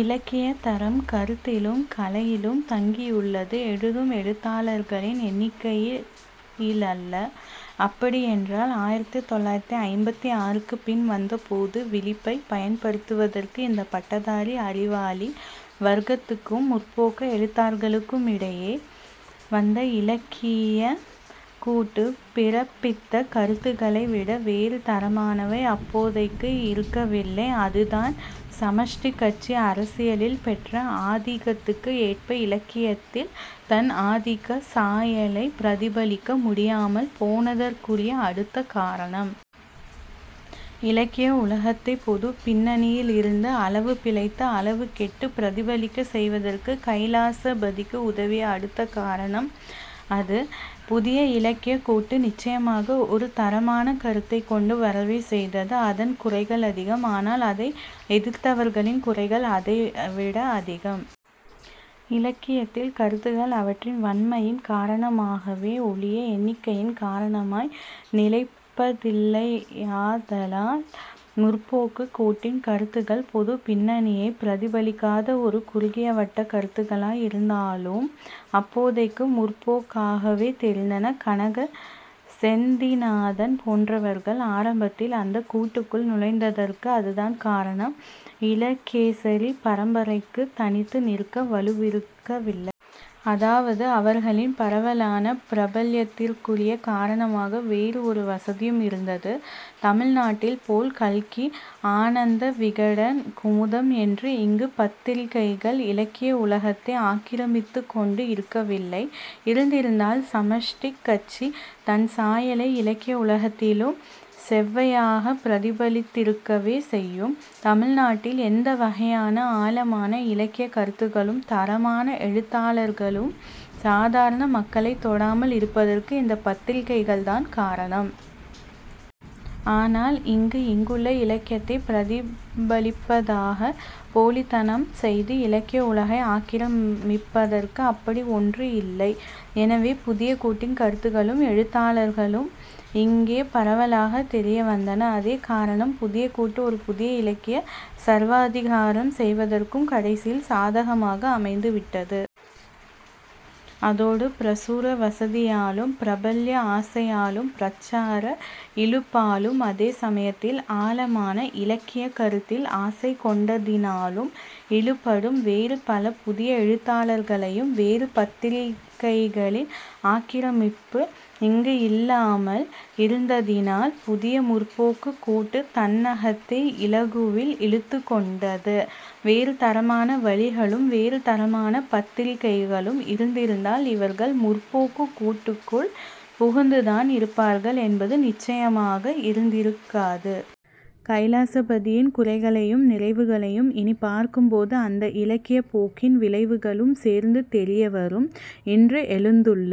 இலக்கியத் தரம் கருத்திலும் கலையிலும் தங்கியுள்ளது. எழுதும் எழுத்தாளர்களின் எண்ணிக்கையிலல்ல. அப்படியென்றால் ஆயிரத்துத் தொள்ளாயிரத்து ஐம்பத்தாறுக்குப் பின் வந்த பொது விழிப்பைப் பயன்படுத்துவதற்கு இந்தப் பட்டதாரி அறிவாளி வர்க்கத்துக்கும் 'முற்போக்கு' எழுத்தாளர்களுக்குமிடையே வந்த இலக்கியக் கூட்டு பிறப்பித்த கருத்துகளைவிட வேறு தரமானவை அப்போதைக்கு இருக்கவில்லை. அதுதான் சமஷ்டிக் கட்சி அரசியலில் பெற்ற ஆதிக்கத்துக்கு ஏற்ப இலக்கியத்தில் தன் ஆதிக்கச் சாயலைப் பிரதிபலிக்க முடியாமல் போனதற்குரிய அடுத்த காரணம். இலக்கிய உலகத்தைப் பொதுப் பின்னணியிலிருந்து, அளவுபிழைத்து அளவு கெட்டுப் பிரதிபலிக்கச் செய்வதற்கு கைலாசபதிக்கு உதவிய அடுத்த காரணம் அது. புதிய இலக்கியக் கூட்டு நிச்சயமாக ஒரு தரமான கருத்தைக் கொண்டு வரவே செய்தது. அதன் குறைகள் அதிகம். ஆனால், அதை எதிர்த்தவர்களின் குறைகள் அதைவிட அதிகம். இலக்கியத்தில் கருத்துகள் அவற்றின் வன்மையின் காரணமாகவே ஒழிய எண்ணிக்கையின் காரணமாய் நிலைப்பதில்லையாதலால் 'முற்போக்கு'க் கூட்டின் கருத்துகள் பொதுப் பின்னணியைப் பிரதிபலிக்காத ஒரு குறுகிய வட்டக் கருத்துகளாய் இருந்தாலும் அப்போதைக்கு முற்போக்காகவே தெரிந்தன. கனக செந்திநாதன் போன்றவர்கள் ஆரம்பத்தில் அந்தக் கூட்டுக்குள் நுழைந்ததற்கு அதுதான் காரணம். ஈழகேசரி பரம்பரைக்குத் தனித்து நிற்க வலுவிருக்கவில்லை. அதாவது, அவர்களின் பரவலான பிரபல்யத்திற்குரிய காரணமாக வேறு ஒரு வசதியும் இருந்தது. தமிழ்நாட்டில்போல் கல்கி, ஆனந்தவிகடன், குமுதம் என்று இங்கு பத்திரிகைகள் இலக்கிய உலகத்தை ஆக்கிரமித்துக்கொண்டு இருக்கவில்லை, இருந்திருந்தால் சமஷ்டிக் கட்சி தன் சாயலை இலக்கிய உலகத்திலும் செவ்வையாகப் பிரதிபலித்திருக்கவே செய்யும். தமிழ்நாட்டில் எந்தவகையான ஆழமான இலக்கியக் கருத்துகளும் தரமான எழுத்தாளர்களும் சாதாரண மக்களைத் தொடாமல் இருப்பதற்கு இந்தப் பத்திரிகைகள்தான் காரணம். ஆனால் இங்கு, இங்குள்ள இலக்கியத்தைப் பிரதிபலிப்பதாகப் போலித்தனம் செய்து இலக்கிய உலகை ஆக்கிரமிப்பதற்கு அப்படி ஒன்று இல்லை. எனவே, புதிய கூட்டின் கருத்துகளும் எழுத்தாளர்களும் இங்கே பரவலாகத் தெரிய வந்தனர். அதே காரணம் புதிய கூட்டு ஒரு புதிய இலக்கியச் சர்வாதிகாரம் செய்வதற்கும் கடைசியில் சாதகமாக அமைந்துவிட்டது. அதோடு பிரசுர வசதியாலும் பிரபல்ய ஆசையாலும் பிரச்சார இழுப்பாலும் அதே சமயத்தில் ஆழமான இலக்கியக் கருத்தில் ஆசை கொண்டதினாலும் இழுபடும் வேறு பல புதிய எழுத்தாளர்களையும், வேறு பத்திரிகைகளின் ஆக்கிரமிப்பு இங்கு இல்லாமல் இருந்ததினால், புதிய 'முற்போக்கு'க் கூட்டு தன்னகத்தே இலகுவில் இழுத்துக்கொண்டது. வேறு தரமான வழிகளும் வேறு தரமான பத்திரிகைகளும் இருந்திருந்தால் இவர்கள் 'முற்போக்கு'க் கூட்டுக்குள் புகுந்துதான் இருப்பார்கள் என்பது நிச்சயமாக இருந்திருக்காது. கைலாசபதியின் குறைகளையும் நிறைவுகளையும் இனிப் பார்க்கும்போது அந்த இலக்கியப் போக்கின் விளைவுகளும் சேர்ந்து தெரியவரும். இன்று எழுந்துள்ள